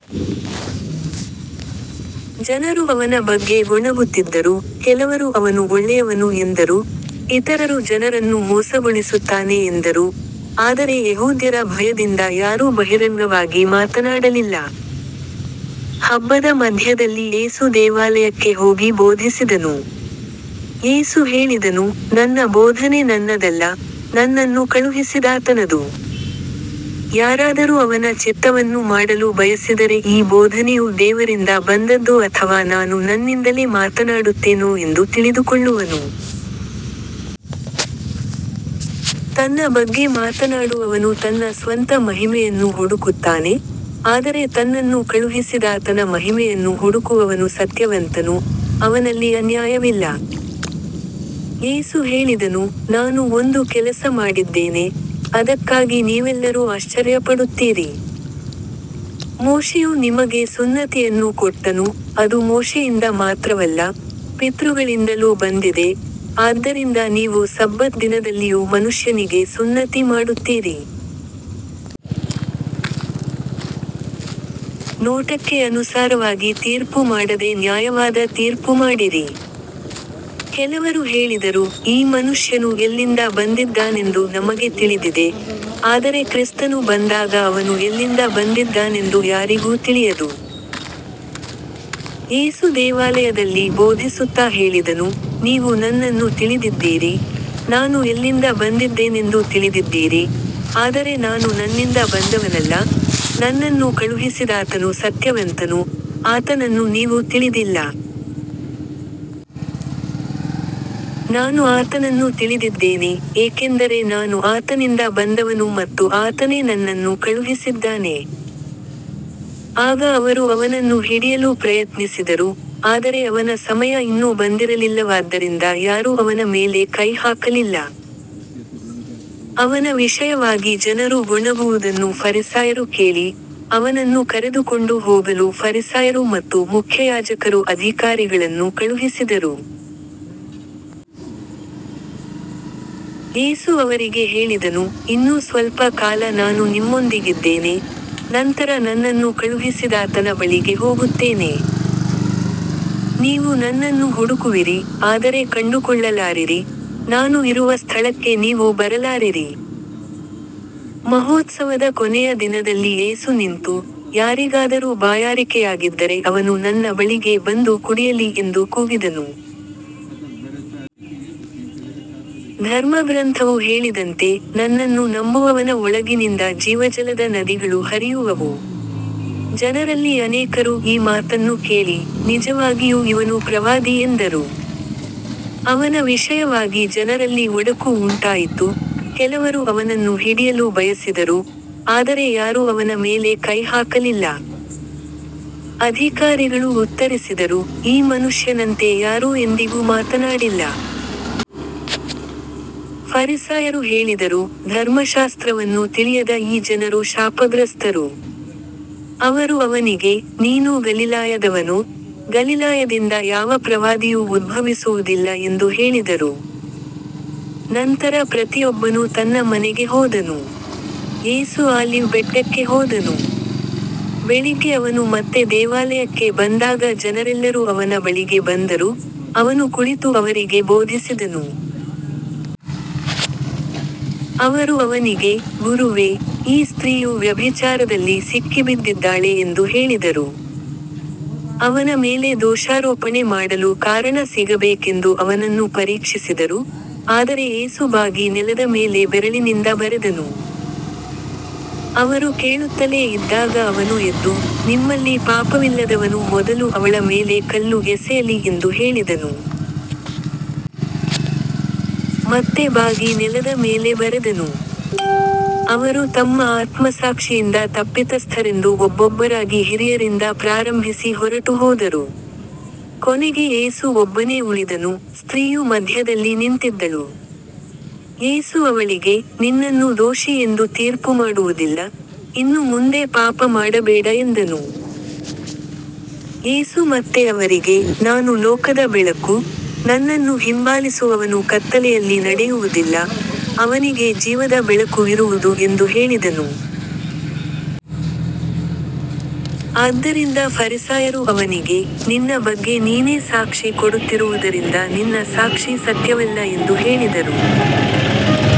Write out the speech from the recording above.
ಜನರು ಅವನ ಬಗ್ಗೆ ಗೊಣಗುತ್ತಿದ್ದರು, ಕೆಲವರು ಅವನು ಒಳ್ಳೆಯವನು ಎಂದರು, ಇತರರು ಜನರನ್ನು ಮೋಸಗೊಳಿಸುತ್ತಾನೆ ಎಂದರು, ಆದರೆ ಯೆಹೂದ್ಯರ ಭಯದಿಂದ ಯಾರೂ ಬಹಿರಂಗವಾಗಿ ಮಾತನಾಡಲಿಲ್ಲ. ಹಬ್ಬದ ಮಧ್ಯದಲ್ಲಿ ಯೇಸು ದೇವಾಲಯಕ್ಕೆ ಹೋಗಿ ಬೋಧಿಸಿದನು. ಯೇಸು ಹೇಳಿದನು, ನನ್ನ ಬೋಧನೆ ನನ್ನದಲ್ಲ, ನನ್ನನ್ನು ಕಳುಹಿಸಿದಾತನದು. ಯಾರಾದರೂ ಅವನ ಚಿತ್ತವನ್ನು ಮಾಡಲು ಬಯಸಿದರೆ ಈ ಬೋಧನೆಯು ದೇವರಿಂದ ಬಂದದ್ದೋ ಅಥವಾ ನಾನು ನನ್ನಿಂದಲೇ ಮಾತನಾಡುತ್ತೇನೋ ಎಂದು ತಿಳಿದುಕೊಳ್ಳುವನು. ತನ್ನ ಬಗ್ಗೆ ಮಾತನಾಡುವವನು ತನ್ನ ಸ್ವಂತ ಮಹಿಮೆಯನ್ನು ಹುಡುಕುತ್ತಾನೆ, ಆದರೆ ತನ್ನನ್ನು ಕಳುಹಿಸಿದಾತನ ಮಹಿಮೆಯನ್ನು ಹುಡುಕುವವನು ಸತ್ಯವಂತನು, ಅವನಲ್ಲಿ ಅನ್ಯಾಯವಿಲ್ಲ. ಯೇಸು ಹೇಳಿದನು, ನಾನು ಒಂದು ಕೆಲಸ ಮಾಡಿದ್ದೇನೆ, ಅದಕ್ಕಾಗಿ ನೀವೆಲ್ಲರೂ ಆಶ್ಚರ್ಯಪಡುತ್ತೀರಿ. ಮೋಶೆಯು ನಿಮಗೆ ಸುನ್ನತಿಯನ್ನು ಕೊಟ್ಟನು, ಅದು ಮೋಶೆಯಿಂದ ಮಾತ್ರವಲ್ಲ, ಪಿತೃಗಳಿಂದಲೂ ಬಂದಿದೆ, ಆದ್ದರಿಂದ ನೀವು ಸಬ್ಬತ್ ದಿನದಲ್ಲಿಯೂ ಮನುಷ್ಯನಿಗೆ ಸುನ್ನತಿ ಮಾಡುತ್ತೀರಿ. ನೋಟಕ್ಕೆ ಅನುಸಾರವಾಗಿ ತೀರ್ಪು ಮಾಡದೆ ನ್ಯಾಯವಾದ ತೀರ್ಪು ಮಾಡಿರಿ. ಕೆಲವರು ಹೇಳಿದರು, ಈ ಮನುಷ್ಯನು ಎಲ್ಲಿಂದ ಬಂದಿದ್ದಾನೆಂದು ನಮಗೆ ತಿಳಿದಿದೆ, ಆದರೆ ಕ್ರಿಸ್ತನು ಬಂದಾಗ ಅವನು ಎಲ್ಲಿಂದ ಬಂದಿದ್ದಾನೆಂದು ಯಾರಿಗೂ ತಿಳಿಯದು. ಯೇಸು ದೇವಾಲಯದಲ್ಲಿ ಬೋಧಿಸುತ್ತಾ ಹೇಳಿದನು, ನೀವು ನನ್ನನ್ನು ತಿಳಿದಿದ್ದೀರಿ, ನಾನು ಎಲ್ಲಿಂದ ಬಂದಿದ್ದೇನೆಂದೂ ತಿಳಿದಿದ್ದೀರಿ, ಆದರೆ ನಾನು ನನ್ನಿಂದ ಬಂದವನಲ್ಲ, ನನ್ನನ್ನು ಕಳುಹಿಸಿದಾತನು ಸತ್ಯವಂತನು, ಆತನನ್ನು ನೀವು ತಿಳಿದಿಲ್ಲ. ನಾನು ಆತನನ್ನು ತಿಳಿದಿದ್ದೇನೆ, ಏಕೆಂದರೆ ನಾನು ಆತನಿಂದ ಬಂದವನು ಮತ್ತು ಆತನೇ ನನ್ನನ್ನು ಕಳುಹಿಸಿದ್ದಾನೆ. ಆಗ ಅವರು ಅವನನ್ನು ಹಿಡಿಯಲು ಪ್ರಯತ್ನಿಸಿದರು, ಆದರೆ ಅವನ ಸಮಯ ಇನ್ನೂ ಬಂದಿರಲಿಲ್ಲವಾದ್ದರಿಂದ ಯಾರೂ ಅವನ ಮೇಲೆ ಕೈ ಹಾಕಲಿಲ್ಲ. ಅವನ ವಿಷಯವಾಗಿ ಜನರು ಗೊಣಗುವುದನ್ನು ಫರಿಸಾಯರು ಕೇಳಿ, ಅವನನ್ನು ಕರೆದುಕೊಂಡು ಹೋಗಲು ಫರಿಸಾಯರು ಮತ್ತು ಮುಖ್ಯಯಾಜಕರು ಅಧಿಕಾರಿಗಳನ್ನು ಕಳುಹಿಸಿದರು. ಯೇಸು ಅವರಿಗೆ ಹೇಳಿದನು, ಇನ್ನೂ ಸ್ವಲ್ಪ ಕಾಲ ನಾನು ನಿಮ್ಮೊಂದಿಗಿದ್ದೇನೆ, ನಂತರ ನನ್ನನ್ನು ಕಳುಹಿಸಿದಾತನ ಬಳಿಗೆ ಹೋಗುತ್ತೇನೆ. ನೀವು ನನ್ನನ್ನು ಹುಡುಕುವಿರಿ, ಆದರೆ ಕಂಡುಕೊಳ್ಳಲಾರಿರಿ, ನಾನು ಇರುವ ಸ್ಥಳಕ್ಕೆ ನೀವು ಬರಲಾರಿರಿ. ಮಹೋತ್ಸವದ ಕೊನೆಯ ದಿನದಲ್ಲಿ ಯೇಸು ನಿಂತು, ಯಾರಿಗಾದರೂ ಬಾಯಾರಿಕೆಯಾಗಿದ್ದರೆ ಅವನು ನನ್ನ ಬಳಿಗೆ ಬಂದು ಕುಡಿಯಲಿ ಎಂದು ಕೂಗಿದನು. ಧರ್ಮಗ್ರಂಥವು ಹೇಳಿದಂತೆ, ನನ್ನನ್ನು ನಂಬುವವನ ಒಳಗಿನಿಂದ ಜೀವಜಲದ ನದಿಗಳು ಹರಿಯುವವು. ಜನರಲ್ಲಿ ಅನೇಕರು ಈ ಮಾತನ್ನು ಕೇಳಿ, ನಿಜವಾಗಿಯೂ ಇವನು ಪ್ರವಾದಿ ಎಂದರು. ಅವನ ವಿಷಯವಾಗಿ ಜನರಲ್ಲಿ ಒಡಕು ಉಂಟಾಯಿತು, ಕೆಲವರು ಅವನನ್ನು ಹಿಡಿಯಲು ಬಯಸಿದರು, ಆದರೆ ಯಾರೂ ಅವನ ಮೇಲೆ ಕೈ ಹಾಕಲಿಲ್ಲ. ಅಧಿಕಾರಿಗಳು ಉತ್ತರಿಸಿದರು, ಈ ಮನುಷ್ಯನಂತೆ ಯಾರೂ ಎಂದಿಗೂ ಮಾತನಾಡಿಲ್ಲ. ಫರಿಸಾಯರು ಹೇಳಿದರು, ಧರ್ಮಶಾಸ್ತ್ರವನ್ನು ತಿಳಿಯದ ಈ ಜನರು ಶಾಪಗ್ರಸ್ತರು. ಅವರು ಅವನಿಗೆ, ನೀನೂ ಗಲಿಲಾಯದವನೋ, ಗಲಿಲಾಯದಿಂದ ಯಾವ ಪ್ರವಾದಿಯೂ ಉದ್ಭವಿಸುವುದಿಲ್ಲ ಎಂದು ಹೇಳಿದರು. ನಂತರ ಪ್ರತಿಯೊಬ್ಬನು ತನ್ನ ಮನೆಗೆ ಹೋದನು. ಯೇಸು ಆಲಿವ್ ಬೆಟ್ಟಕ್ಕೆ ಹೋದನು. ಬೆಳಿಗ್ಗೆ ಅವನು ಮತ್ತೆ ದೇವಾಲಯಕ್ಕೆ ಬಂದಾಗ ಜನರೆಲ್ಲರೂ ಅವನ ಬಳಿಗೆ ಬಂದರು, ಅವನು ಕುಳಿತು ಅವರಿಗೆ ಬೋಧಿಸಿದನು. ಅವರು ಅವನಿಗೆ, ಗುರುವೇ, ಈ ಸ್ತ್ರೀಯು ವ್ಯಭಿಚಾರದಲ್ಲಿ ಸಿಕ್ಕಿಬಿದ್ದಿದ್ದಾಳೆ ಎಂದು ಹೇಳಿದರು. ಅವನ ಮೇಲೆ ದೋಷಾರೋಪಣೆ ಮಾಡಲು ಕಾರಣ ಸಿಗಬೇಕೆಂದು ಅವನನ್ನು ಪರೀಕ್ಷಿಸಿದರು, ಆದರೆ ಯೇಸು ಬಾಗಿ ನೆಲದ ಮೇಲೆ ಬೆರಳಿನಿಂದ ಬರೆದನು. ಅವರು ಕೇಳುತ್ತಲೇ ಇದ್ದಾಗ ಅವನು ಎದ್ದು, ನಿಮ್ಮಲ್ಲಿ ಪಾಪವಿಲ್ಲದವನು ಮೊದಲು ಅವಳ ಮೇಲೆ ಕಲ್ಲು ಎಸೆಯಲಿ ಎಂದು ಹೇಳಿದನು. ಮತ್ತೆ ಬಾಗಿ ನೆಲದ ಮೇಲೆ ಬರೆದನು. ಅವರು ತಮ್ಮ ಆತ್ಮಸಾಕ್ಷಿಯಿಂದ ತಪ್ಪಿತಸ್ಥರೆಂದು ಒಬ್ಬೊಬ್ಬರಾಗಿ ಹಿರಿಯರಿಂದ ಪ್ರಾರಂಭಿಸಿ ಹೊರಟುಹೋದರು. ಕೊನೆಗೆ ಯೇಸು ಒಬ್ಬನೇ ಉಳಿದನು, ಸ್ತ್ರೀಯು ಮಧ್ಯದಲ್ಲಿ ನಿಂತಿದ್ದಳು. ಯೇಸು ಅವಳಿಗೆ, ನಿನ್ನನ್ನು ದೋಷಿ ಎಂದು ತೀರ್ಪುಮಾಡುವುದಿಲ್ಲ, ಇನ್ನು ಮುಂದೆ ಪಾಪ ಮಾಡಬೇಡ ಎಂದನು. ಯೇಸು ಮತ್ತೆ ಅವರಿಗೆ, ನಾನು ಲೋಕದ ಬೆಳಕು, ನನ್ನನ್ನು ಹಿಂಬಾಲಿಸುವವನು ಕತ್ತಲೆಯಲ್ಲಿ ನಡೆಯುವುದಿಲ್ಲ, ಅವನಿಗೆ ಜೀವದ ಬೆಳಕು ಇರುವುದು ಎಂದು ಹೇಳಿದನು. ಆದ್ದರಿಂದ ಫರಿಸಾಯರು ಅವನಿಗೆ, ನಿನ್ನ ಬಗ್ಗೆ ನೀನೇ ಸಾಕ್ಷಿ ಕೊಡುತ್ತಿರುವುದರಿಂದ ನಿನ್ನ ಸಾಕ್ಷಿ ಸತ್ಯವಲ್ಲ ಎಂದು ಹೇಳಿದರು.